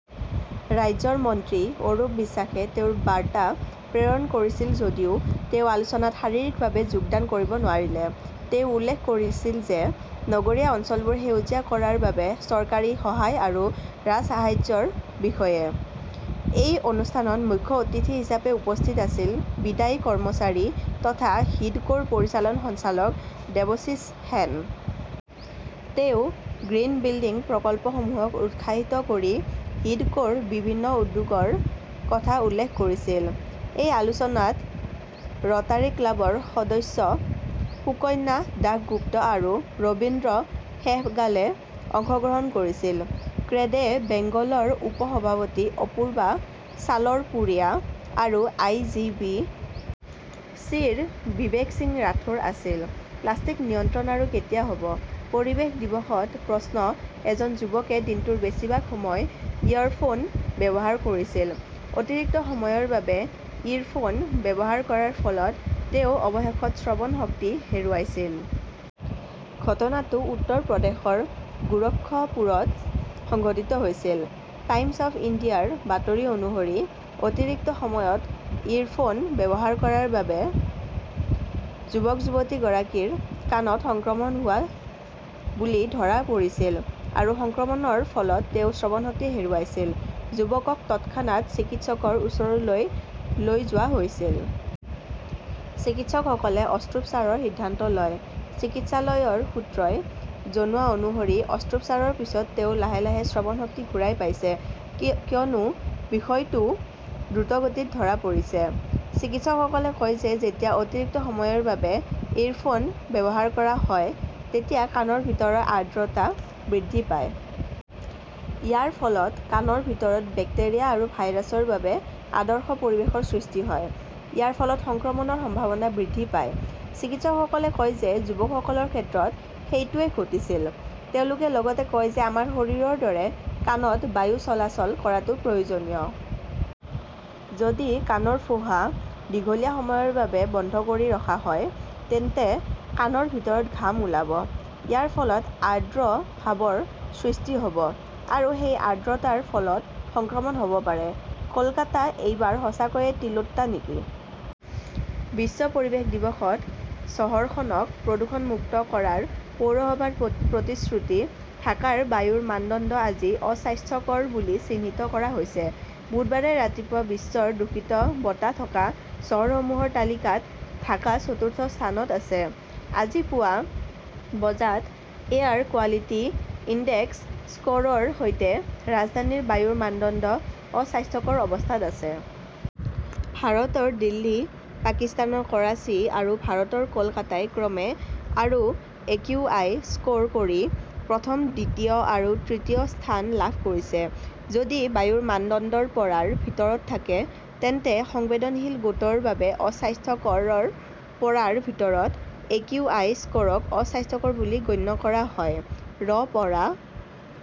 "ৰাজ্যৰ মন্ত্ৰী অৰূপ বিশ্বাসে তেওঁৰ বাৰ্তা প্ৰেৰণ কৰিছিল যদিও তেওঁ আলোচনাত শাৰীৰিকভাৱে যোগদান কৰিব নোৱাৰিলে। তেওঁ উল্লেখ কৰিছিল যে নগৰীয়া অঞ্চলবোৰ সেউজীয়া কৰাৰ বাবে চৰকাৰী সহায় আৰু ৰাজসাহায্যৰ বিষয়ে। এই অনুষ্ঠানত মুখ্য অতিথি হিচাপে উপস্থিত আছিল বিদায়ী কৰ্মচাৰী তথা হিডকোৰ পৰিচালন সঞ্চালক দেৱশীছ সেন। তেওঁ 'গ্ৰীণ বিল্ডিং "প্ৰকল্পসমূহক উৎসাহিত কৰি হিডকোৰ বিভিন্ন উদ্যোগৰ কথা উল্লেখ কৰিছিল। এই আলোচনাত ৰটাৰী ক্লাবৰ সদস্য সুকন্যা দাসগুপ্ত আৰু ৰবীন্দ্ৰ সেহগালে অংশগ্ৰহণ কৰিছিল। ক্ৰেডে বেংগলৰ উপ-সভাপতি অপূৰ্বা ছালৰপুৰিয়া আৰু আই. জি. বি. চি. ৰ বিবেক সিং ৰাথোৰ আছিল। প্লাষ্টিক নিয়ন্ত্ৰণ আৰু কেতিয়া হ "ব? পৰিৱেশ দিৱসত প্ৰশ্ন এজন যুৱকে দিনটোৰ বেছিভাগ সময় 'ইয়ৰফোন "ব্যৱহাৰ কৰিছিল। অতিৰিক্ত সময়ৰ বাবে ইৰফোন ব্যৱহাৰ কৰাৰ ফলত তেওঁ অৱশেষত শ্ৰৱণশক্তি হেৰুৱাইছিল। ঘটনাটো উত্তৰ প্ৰদেশৰ গোৰক্ষপুৰত সংঘটিত হৈছিল। টাইমছ অৱ ইণ্ডিয়াৰ বাতৰি অনুসৰি, অতিৰিক্ত সময়ত 'ইৰফোন "ব্যৱহাৰ কৰাৰ বাবে যুৱক-যুৱতীগৰাকীৰ কাণত সংক্ৰমণ হোৱা বুলি ধৰা পৰিছিল। আৰু সংক্ৰমণৰ ফলত তেওঁ শ্ৰৱণশক্তি হেৰুৱাইছিল। যুৱকক তৎক্ষণাত চিকিৎসকৰ ওচৰলৈ লৈ যোৱা হৈছিল। চিকিৎসকসকলে অস্ত্ৰোপচাৰৰ সিদ্ধান্ত লয়। চিকিৎসালয়ৰ সূত্ৰই জনোৱা অনুসৰি অস্ত্ৰোপচাৰৰ পিছত তেওঁ লাহে লাহে শ্ৰৱণশক্তি ঘূৰাই পাইছে কিয়নো বিষয়টো দ্ৰুতগতিত ধৰা পৰিছে। চিকিৎসকসকলে কয় যে যেতিয়া অতিৰিক্ত সময়ৰ বাবে 'ইৰফোন "ব্যৱহাৰ কৰা হয়, তেতিয়া কাণৰ ভিতৰৰ আৰ্দ্ৰতা বৃদ্ধি পায়। ইয়াৰ ফলত কাণৰ ভিতৰত বেক্টেৰিয়া আৰু ভাইৰাছৰ বাবে আদৰ্শ পৰিৱেশৰ সৃষ্টি হয়। ইয়াৰ ফলত সংক্ৰমণৰ সম্ভাৱনা বৃদ্ধি পায়। চিকিৎসকসকলে কয় যে যুৱকজনৰ ক্ষেত্ৰত সেইটোৱেই ঘটিছিল। তেওঁলোকে লগতে কয় যে আমাৰ শৰীৰৰ দৰে কাণত বায়ু চলাচল কৰাটো প্ৰয়োজনীয়। যদি কাণৰ ফোঁহা দীঘলীয়া সময়ৰ বাবে বন্ধ কৰি ৰখা হয়, তেন্তে কাণৰ ভিতৰত ঘাম ওলাব। ইয়াৰ ফলত আৰ্দ্ৰ ভাবৰ সৃষ্টি হ "ব। আৰু সেই আৰ্দ্ৰতাৰ ফলত সংক্ৰমণ হ "ব পাৰে। কলকাতা এইবাৰ সঁচাকৈয়ে টিলোট্টা নেকি? বিশ্ব পৰিৱেশ দিৱসত চহৰখনক প্ৰদূষণমুক্ত কৰাৰ পৌৰসভাৰ প্ৰতিশ্ৰুতি ঢাকাৰ বায়ুৰ মানদণ্ড আজি "অস্বাস্থ্যকৰ" বুলি চিহ্নিত কৰা হৈছে। বুধবাৰে ৰাতিপুৱা বিশ্বৰ দূষিত বতাহ থকা চহৰসমূহৰ তালিকাত ঢাকা চতুৰ্থ স্থানত আছে। আজি পুৱা বজাত এয়াৰ কোৱালিটি ইনডেক্স স্ক "ৰ ৰ সৈতে ৰাজধানীৰ বায়ুৰ মানদণ্ড" অস্বাস্থ্যকৰ "অৱস্থাত আছে। ভাৰতৰ দিল্লী, পাকিস্তানৰ কৰাচী আৰু ভাৰতৰ কলকাতাই ক্ৰমে আৰু একিউআই স্ক "ৰ কৰি প্ৰথম, দ্বিতীয় আৰু তৃতীয় স্থান লাভ কৰিছে। যদি বায়ুৰ মানদণ্ড ৰ পৰা ৰ ভিতৰত থাকে তেন্তে "সংবেদনশীল গোটৰ বাবে অস্বাস্থ্যকৰ", ৰ পৰা ৰ ভিতৰত একিউআই স্ক "ৰক" অস্বাস্থ্যকৰ "বুলি গণ্য কৰা হয়। ৰ পৰা